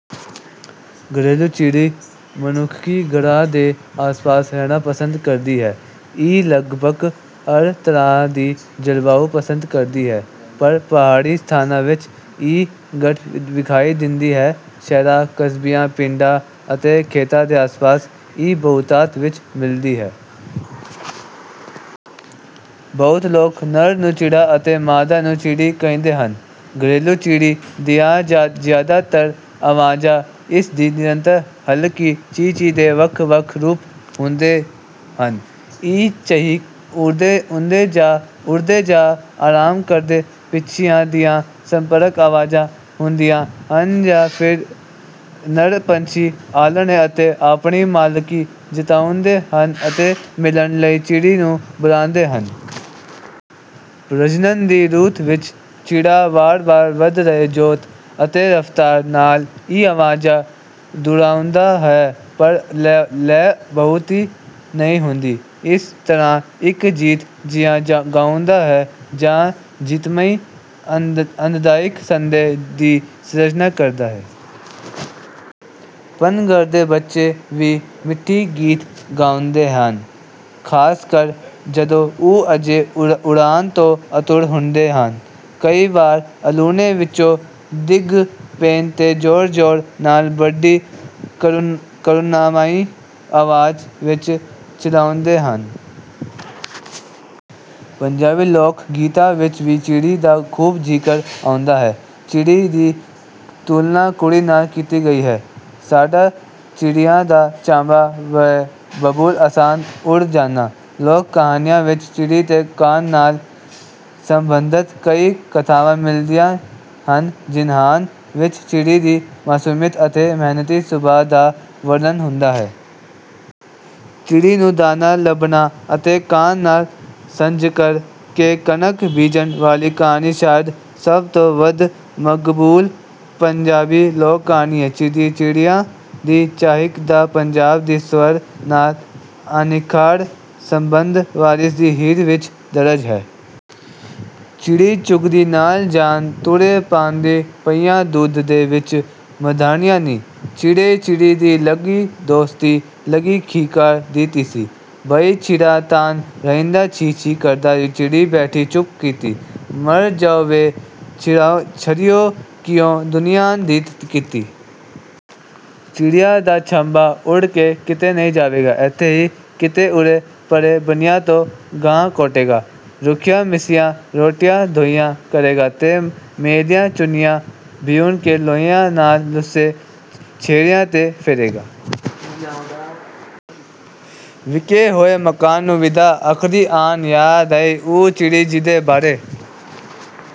ਘਰੇਲੂ ਚਿੜੀ ਮਨੁੱਖੀ ਘਰਾਂ ਦੇ ਆਸਪਾਸ ਰਹਿਣਾ ਪਸੰਦ ਕਰਦੀ ਹੈ। ਇਹ ਲਗਪਗ ਹਰ ਤਰ੍ਹਾਂ ਦੀ ਜਲਵਾਯੂ ਪਸੰਦ ਕਰਦੀ ਹੈ ਪਰ ਪਹਾੜੀ ਸਥਾਨਾਂ ਵਿੱਚ ਇਹ ਘੱਟ ਵਿਖਾਈ ਦਿੰਦੀ ਹੈ। ਸ਼ਹਿਰਾਂ, ਕਸਬਿਆਂ, ਪਿੰਡਾਂ ਅਤੇ ਖੇਤਾਂ ਦੇ ਆਸਪਾਸ ਇਹ ਬਹੁਤਾਤ ਵਿੱਚ ਮਿਲਦੀ ਹੈ। ਬਹੁਤ ਲੋਕ ਨਰ ਨੂੰ ਚਿੜਾ ਅਤੇ ਮਾਦਾ ਨੂੰ ਚਿੜੀ ਕਹਿੰਦੇ ਹਨ। ਘਰੇਲੂ ਚਿੜੀ ਦੀਆਂ ਜਿਆਦਾਤਰ ਆਵਾਜ਼ਾਂ ਇਸ ਦੀ ਨਿਰੰਤਰ ਹਲਕੀ ਚੀਂ-ਚੀਂ ਦੇ ਵੱਖ ਵੱਖ ਰੂਪ ਹੁੰਦੇ ਹਨ। ਇਹ ਚਹਿਕ ਉਡਦੇ ਜਾਂ ਆਰਾਮ ਕਰਦੇ ਪੰਛੀਆਂ ਦੀਆਂ ਸੰਪਰਕ ਆਵਾਜ਼ਾਂ ਹੁੰਦੀਆਂ ਹਨ ਜਾਂ ਫਿਰ ਨਰ ਪੰਛੀ ਆਲ੍ਹਣੇ ਉੱਤੇ ਆਪਣੀ ਮਾਲਕੀ ਜਤਾਉਂਦੇ ਹਨ ਅਤੇ ਮਿਲਣ ਲਈ ਚਿੜੀ ਨੂੰ ਬੁਲਾਉਂਦੇ ਹਨ। ਪ੍ਰਜਨਣ ਦੀ ਰੁੱਤ ਵਿੱਚ ਚਿੜਾ ਵਾਰ ਵਾਰ ਵਧ ਰਹੇ ਜੋਰ ਅਤੇ ਰਫ਼ਤਾਰ ਨਾਲ ਇਹ ਆਵਾਜ਼ਾਂ ਦੁਹਰਾਉਂਦਾ ਹੈ ਪਰ ਲੈਅ ਬਹੁਤੀ ਨਹੀਂ ਹੁੰਦੀ। ਇਸ ਤਰ੍ਹਾਂ ਇੱਕ ਜੀਤ ਜਿਹਾ ਗਾਉਂਦਾ ਹੈ ਜਾਂ ਜੀਤਮਈ ਅਨੰਦਾਇਕ ਸੱਦੇ ਦੀ ਸਿਰਜਣਾ ਕਰਦਾ ਹੈ। ਪੁੰਗਰਦੇ ਬੱਚੇ ਵੀ ਮਿੱਠੇ ਗੀਤ ਗਾਉਂਦੇ ਹਨ ਖਾਸ ਕਰ ਜਦੋਂ ਉਹ ਅਜੇ ਉਡਣ ਤੋਂ ਆਤੁਰ ਹੁੰਦੇ ਹਨ। ਕਈ ਵਾਰ ਆਲੂਣੇ ਵਿੱਚੋਂ ਦਿਗ ਪੈਣ ਤੇ ਜੋਰ ਜੋਰ ਨਾਲ ਬੜੀ ਕਰੁਣਾਮਈ ਆਵਾਜ਼ ਵਿੱਚ ਚਿਚਲਾਉਂਦੇ ਹਨ। ਪੰਜਾਬੀ ਲੋਕ ਗੀਤਾਂ ਵਿੱਚ ਵੀ ਚਿੜੀ ਦਾ ਖੂਬ ਜ਼ਿਕਰ ਆਉਂਦਾ ਹੈ। ਚਿੜੀ ਦੀ ਤੁਲਨਾ ਕੁੜੀ ਨਾਲ ਕੀਤੀ ਗਈ ਹੈ। ਸਾਡਾ ਚਿੜੀਆਂ ਦਾ ਚੰਬਾ ਵੇ ਬਾਬੁਲ ਅਸਾਂ ਉੱਡ ਜਾਣਾ। ਲੋਕ ਕਹਾਣੀਆਂ ਵਿੱਚ ਚਿੜੀ ਤੇ ਕਾਂ ਨਾਲ ਸਬੰਧਤ ਕਈ ਕਥਾਵਾਂ ਮਿਲਦੀਆਂ ਹਨ ਜਿਹਨਾਂ ਵਿੱਚ ਚਿੜੀ ਦੀ ਮਾਸੂਮੀਅਤ ਅਤੇ ਮਿਹਨਤੀ ਸੁਭਾ ਦਾ ਵਰਣਨ ਹੁੰਦਾ ਹੈ। ਚਿੜੀ ਨੂੰ ਦਾਣਾ ਲੱਭਣਾ ਅਤੇ ਕਾਂ ਨਾਲ ਸਾਂਝ ਕਰ ਕੇ ਕਣਕ ਬੀਜਣ ਵਾਲੀ ਕਹਾਣੀ ਸ਼ਾਇਦ ਸਭ ਤੋਂ ਵੱਧ ਮਕਬੂਲ ਪੰਜਾਬੀ ਲੋਕ ਕਹਾਣੀ ਹੈ। ਚਿੜੀਆਂ ਦੀ ਚਹਿਕ ਦਾ ਪੰਜਾਬ ਦੀ ਸਵੇਰ ਨਾਲ ਅਨਿੱਖੜ ਸੰਬੰਧ ਵਾਰਸ ਦੀ ਹੀਰ ਵਿੱਚ ਦਰਜ ਹੈ। ਚਿੜੀ ਚੂਕਦੀ ਨਾਲ ਜਾਂ ਟੁਰੇ ਪਾਂਧੀ ਪਈਆਂ ਦੁੱਧ ਦੇ ਵਿੱਚ ਮਧਾਣੀਆਂ ਨੀ। ਚਿੜੇ ਚਿੜੀ ਦੀ ਲੱਗੀ ਦੋਸਤੀ ਲੱਗੀ ਕਿੱਕਰ ਦੀ ਟੀਸੀ। ਬਈ ਚਿੜਾ ਤਾਂ ਰਹਿੰਦਾ ਚੀ-ਚੀ ਕਰਦਾ ਚਿੜੀ ਬੈਠੀ ਚੁੱਪ ਕੀਤੀ। ਮਰ ਜੋ ਵੇ ਛੜਿਉ ਕਿਉਂ ਦੁਨੀਆਂ ਢੀਠ ਕੀਤੀ। ਚਿੜੀਆਂ ਦਾ ਚੰਬਾ ਉੱਡ ਕੇ ਕਿਤੇ ਨਹੀਂ ਜਾਵੇਗਾ। ਐਥੇ ਹੀ ਕਿਤੇ ਉਰੇ ਪਰੇ ਬੰਨਿਆਂ ਤੋਂ ਘਾਹ ਖੋਤੇਗਾ। ਰੁੱਖੀਆਂ ਮਿੱਸੀਆਂ ਰੋਟੀਆਂ ਢੋਇਆ ਕਰੇਗਾ ਤੇ ਮੈਲੀਆਂ ਚੁੰਨੀਆਂ ਭਿਉਂ ਕੇ ਲੋਹਿਆਂ ਨਾਲ ਲੂਸੇ ਚਿਹਰਿਆਂ ਤੇ ਫੇਰੇਗਾ। ਵਿਕੇ ਹੋਏ ਮਕਾਨ ਨੂੰ ਵਿਦਾ ਆਖਦਿਆਂ ਯਾਦ ਆਈ ਉਹ ਚਿੜੀ ਜਿਹਦੇ ਬਾਰੇ